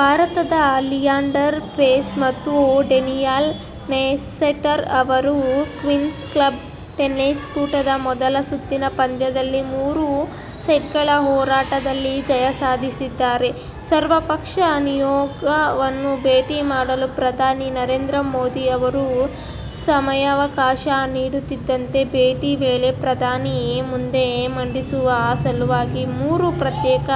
ಭಾರತದ ಲಿಯಾಂಡರ್ ಪೇಸ್ ಮತ್ತು Daniel Nestor ಅವರು ಕ್ವೀನ್ಸ್ ಕ್ಲಬ್ ಟೆನಿಸ್ ಕೂಟದ ಮೊದಲ ಸುತ್ತಿನ ಪಂದ್ಯದಲ್ಲಿ ಮೂರು ಸೆಟ್ಗಳ ಹೋರಾಟದಲ್ಲಿ ಜಯ ಸಾಧಿಸಿದ್ದಾರೆ. ಸರ್ವಪಕ್ಷ ನಿಯೋಗವನ್ನು ಭೇಟಿ ಮಾಡಲು ಪ್ರಧಾನಿ ನರೇಂದ್ರ ಮೋದಿ ಅವರು ಸಮಯಾವಕಾಶ ನೀಡುತ್ತಿದ್ದಂತೆ ಭೇಟಿ ವೇಳೆ ಪ್ರಧಾನಿ ಮುಂದೆ ಮಂಡಿಸುವ ಸಲುವಾಗಿ ಮೂರು ಪ್ರತ್ಯೇಕ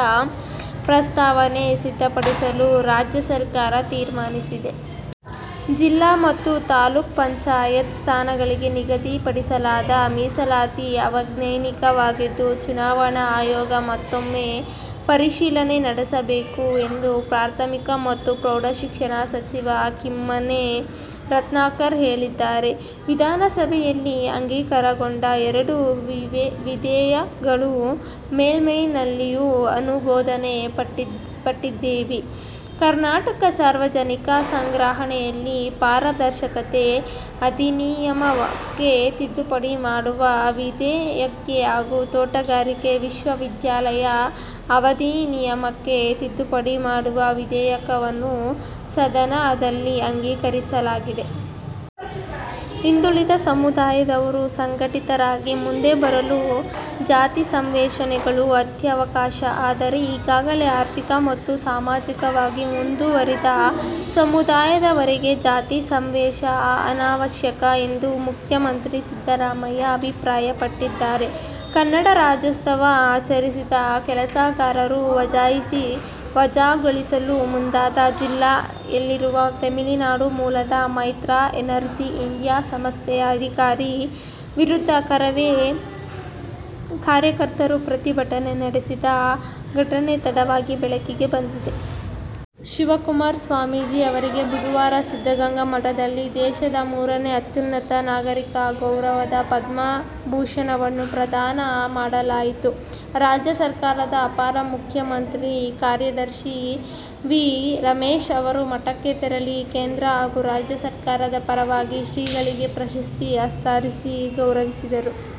ಪ್ರಸ್ತಾವನೆ ಸಿದ್ಧಪಡಿಸಲು ರಾಜ್ಯ ಸರ್ಕಾರ ತೀರ್ಮಾನಿಸಿದೆ. ಜಿಲ್ಲಾ ಮತ್ತು ತಾಲೂಕು ಪಂಚಾಯತ್ ಸ್ಥಾನಗಳಿಗೆ ನಿಗದಿಪಡಿಸಲಾದ ಮೀಸಲಾತಿ ಅವೈಜ್ಞಾನಿಕವಾಗಿದ್ದು, ಚುನಾವಣಾ ಆಯೋಗ ಮತ್ತೂಮ್ಮೆ ಪರಿಶೀಲನೆ ನಡೆಸಬೇಕು ಎಂದು ಪ್ರಾಥಮಿಕ ಮತ್ತು ಪ್ರೌಢಶಿಕ್ಷಣ ಸಚಿವ ಕಿಮ್ಮನೆ ರತ್ನಾಕರ್ ಹೇಳಿದ್ದಾರೆ. ವಿಧಾನಸಭೆಯಲ್ಲಿ ಅಂಗೀಕಾರಗೊಂಡ ಎರಡು ವಿಧೇಯಕಗಳು ಮೇಲ್ಮನೆಯಲ್ಲಿಯೂ ಅನುಮೋದನೆ ಪಡೆದಿವೆ. ಕರ್ನಾಟಕ ಸಾರ್ವಜನಿಕ ಸಂಗ್ರಹಣೆಯಲ್ಲಿ ಪಾರದರ್ಶಕತೆ ಅಧಿನಿಯಮಕ್ಕೆ ತಿದ್ದುಪಡಿ ಮಾಡುವ ವಿಧೇಯಕ ಹಾಗೂ ತೋಟಗಾರಿಕೆ ವಿಶ್ವವಿದ್ಯಾಲಯ ಅಧಿನಿಯಮಕ್ಕೆ ತಿದ್ದುಪಡಿ ಮಾಡುವ ವಿಧೇಯಕವನ್ನು ಸದನದಲ್ಲಿ ಅಂಗೀಕರಿಸಲಾಗಿದೆ. "ಹಿಂದುಳಿದ ಸಮುದಾಯದವರು ಸಂಘಟಿತರಾಗಿ ಮುಂದೆ ಬರಲು ಜಾತಿಸಮಾವೇಶಗಳು ಅತ್ಯವಶ್ಯಕ. ಆದರೆ, ಈಗಾಗಲೇ ಆರ್ಥಿಕ ಮತ್ತು ಸಾಮಾಜಿಕವಾಗಿ ಮುಂದುವರಿದ ಸಮುದಾಯದವರಿಗೆ ಜಾತಿ ಸಮಾವೇಶ ಅನವಶ್ಯಕ' ಎಂದು ಮುಖ್ಯಮಂತ್ರಿ ಸಿದ್ದರಾಮಯ್ಯ ಅಭಿಪ್ರಾಯಪಟ್ಟಿದ್ದಾರೆ. ಕನ್ನಡ ರಾಜ್ಯೋತ್ಸವ ಆಚರಿಸಿದ ಕೆಲಸಗಾರರನ್ನು ವಜಾಗೊಳಿಸಲು ಮುಂದಾದ ಜಿಲ್ಲೆಯಲ್ಲಿರುವ ತಮಿಳುನಾಡು ಮೂಲದ ಮೈತ್ರಾ ಎನರ್ಜಿ ಇಂಡಿಯಾ ಸಂಸ್ಥೆಯ ಅಧಿಕಾರಿ ವಿರುದ್ಧ ಕರವೇ ಕಾರ್ಯಕರ್ತರು ಪ್ರತಿಭಟನೆ ನಡೆಸಿದ ಘಟನೆ ತಡವಾಗಿ ಬೆಳಕಿಗೆ ಬಂದಿದೆ. ಶಿವಕುಮಾರ ಸ್ವಾಮೀಜಿ ಅವರಿಗೆ ಬುಧವಾರ ಸಿದ್ಧಗಂಗಾ ಮಠದಲ್ಲಿ ದೇಶದ ಮೂರನೇ ಅತ್ಯುನ್ನತ ನಾಗರಿಕ ಗೌರವವಾದ ಪದ್ಮಭೂಷಣವನ್ನು ಪ್ರದಾನ ಮಾಡಲಾಯಿತು. ರಾಜ್ಯ ಸರ್ಕಾರದ ಅಪರ ಮುಖ್ಯ ಕಾರ್ಯದರ್ಶಿ ವಿ. ಉಮೇಶ್ ಅವರು ಮಠಕ್ಕೆ ತೆರಳಿ ಕೇಂದ್ರ ಹಾಗೂ ರಾಜ್ಯ ಸರ್ಕಾರದ ಪರವಾಗಿ ಶ್ರೀಗಳಿಗೆ ಪ್ರಶಸ್ತಿ ಹಸ್ತಾಂತರಿಸಿ ಗೌರವಿಸಿದರು.